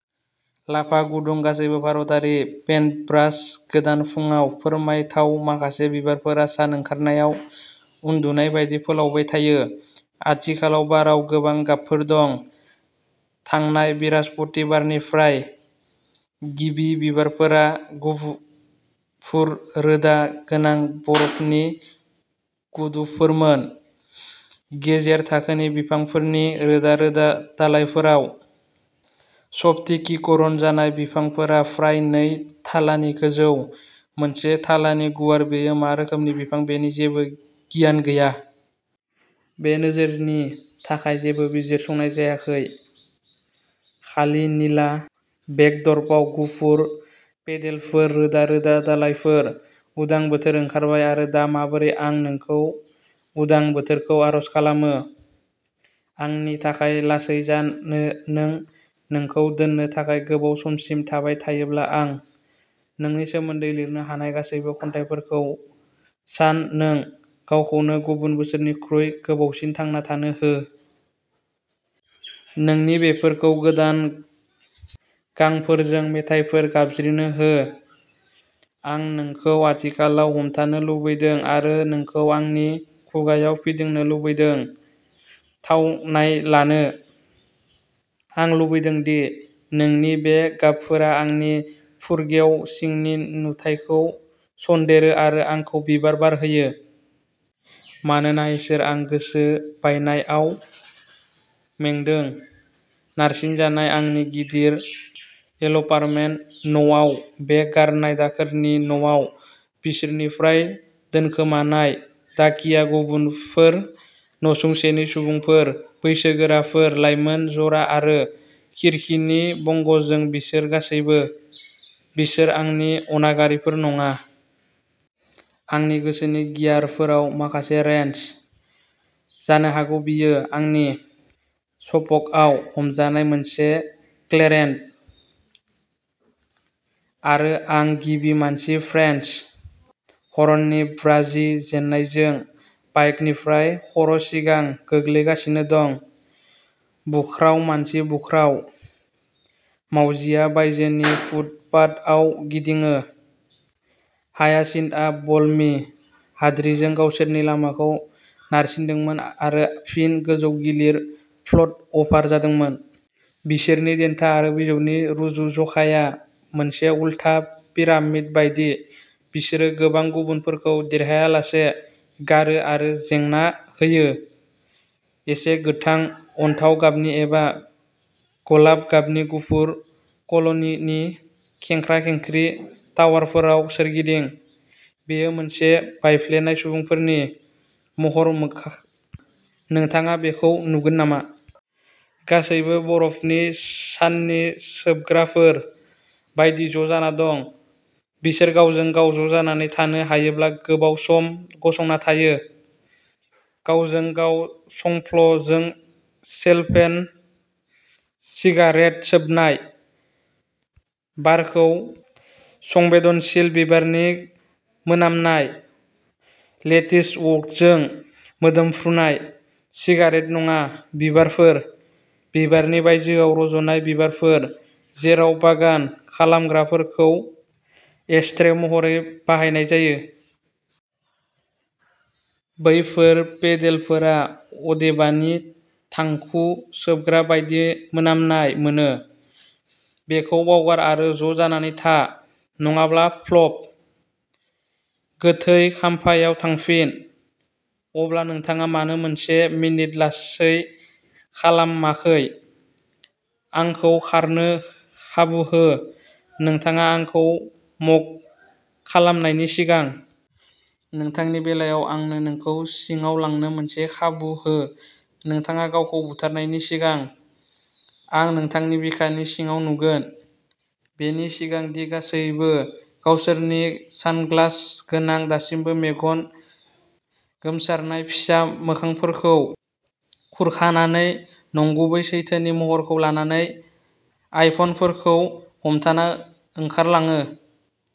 Lava गुदुं गासैबो भारतारि पेन्टब्राश गोदान फुंआव फोरमायथाव माखासे बिबारफोरा सान ओंखारनायाव उन्दुनाय बायदि फोलावबाय थायो। आथिखालाव बाराव गोबां गाबफोर दं। थांनाय बृहस्पतिबारनिफ्राय। गिबि बिबारफोरा गुफुर रोदा गोनां बरफनि गुदुफोरमोन। गेजेर थाखोनि बिफांफोरनि रोदा-रोदा दालाइफोराव स्फटिकीकरण जानाय बिफांफोरा फ्राय नै थालानि गोजौ, मोनसे थालानि गुवार बेयो मा रोखोमनि बिफां बेनि जेबो गियान गैया। बे नोजोरनि थाखाय जेबो बिजिरसंनाय जायाखै। खालि निला बेकड्रपआव गुफुर पेडेलफोर रोदा-रोदा दालाइफोर उदां बोथोरा ओंखारबाय आरो दा माबोरै आं नोंखौ उदां बोथोरखौ आरज खालामो। आंनि थाखाय लासै जानो नों नोंखौ दोननो थाखाय गोबाव समसिम थाबाय थायोब्ला आं नोंनि सोमोन्दै लिरनो हानाय गासैबो खन्थाइफोरखौ सान नों गावखौनो गुबुन बोसोरफोरनिख्रुइ गोबावसिन थांना थानो हो। नोंनि बेरेफोरखौ गोदान गांफोरजों मेथाइफोर गाबज्रिनो हो। आं नोंखौ आथिखालाव हमथानो लुगैदों आरो नोंखौ आंनि खुगाआव फिदिंनो लुगैदों थावनाय लानो। आं लुबैदों दि नोंनि बे गाबफोरा आंनि फुरगेव सिंनि नुथायखौ सनदेरो आरो आंखौ बिबार बारहोयो। मानोना इसोर आं गोसो बायनायाव मेंदों। नारसिनजानाय आंनि गिदिर अल'एपार्टमेन्ट न'आव बे गारनाय दाखोरनि न'आव बिसोरनिफ्राय दोनखोमानाय डाकिया गुबुनफोर नसुंसेनि सुबुंफोर बैसोगोराफोर, लाइमोन जरा आरो खिरखिनि बंगजों बिसोर गासैबो। बिसोर आंनि अनागारिफोर नङा। आंनि गोसोनि गियारफोराव माखासे रेन्च। जानो हागौ बेयो आंनि स्प'कआव हमजानाय मोनसे क्लेरेन्ट आरो आं गिबि मासि फ्रेन्स हर्ननि ब्राजि जेननायजों बाइकनिफ्राय खर'सिगां गोग्लैगासिनो दं। बुख्राव मानसि बुख्राव। मावजिआ बायजोनि फुटपाथआव गिदिङो। हायासिन्थआ बलमि हाद्रिजों गावसोरनि लामाखौ नारसिनदोंमोन आरो फिन गोजौ-गिलिर फ्लट अपार जादोंमोन। बिसोरनि देन्था आरो बिजौनि रुजुज'खाया मोनसे उलथा पिरामिड बायदि। बिसोरो गोबां गुबुनफोरखौ देरहोआलासे गारो आरो जेननां होयो। एसे गोथां अन्थाव गाबनि एबा गलाब गाबनि गुफुर कल'निनि खेंख्रा-खेंख्रि टावारफोराव सोरगिदिं। बेयो मोनसे बायफ्लेनाय सुबुंफोरनि महर, नोंथाङा बेखौ नुगोन नामा? गासैबो बरफनि साननि सोबग्राफोर बायदि ज'जानानै दं। बिसोर गावजों-गाव ज'जानानै थानो हायोब्ला गोबाव सम गसंना थायो। गावजों-गाव संफ्लजों सेल'फेन सिगारेट सोबनाय। बारखौ संबेदनशील बिबारनि मोनामनाय लेटिसवर्कजों मोदोमफ्रुनाय। सिगारेट नङा। बिबारफोर। बिबारनि बायजोआव रज'नाय बिबारफोर जेराव बागान खालामग्राफोरखौ एशट्रे महरै बाहायनाय जायो। बैफोर पेडेलफोरा अदेबानि थांखु सोबग्रा बायदि मोनामनाय मोनो। बेखौ बावगार आरो ज'जानानै था। नङाब्ला फ्लप। गोथै खाम्फायाव थांफिन। अब्ला नोंथाङा मानो मोनसे मिनिट लासै खालामाखै? आंखौ खारनो खाबु हो। नोंथाङा आंखौ म'ग खालामनायनि सिगां। नोंथांनि बेलायाव आंनो नोंखौ सिङाव लांनो मोनसे खाबु हो नोंथाङा गावखौ बुथारनायनि सिगां। आं नोंथांनि बिखानि सिङाव नुगोन। बेनि सिगां दि गासैबो गावसोरनि सानग्लास गोनां दासिमबो मेगन गोमसारनाय फिसा मोखांफोरखौ खुरखानानै नंगुबै सैथोनि महरखौ लानानै आइफनफोरखौ हमथाना ओंखारलाङो।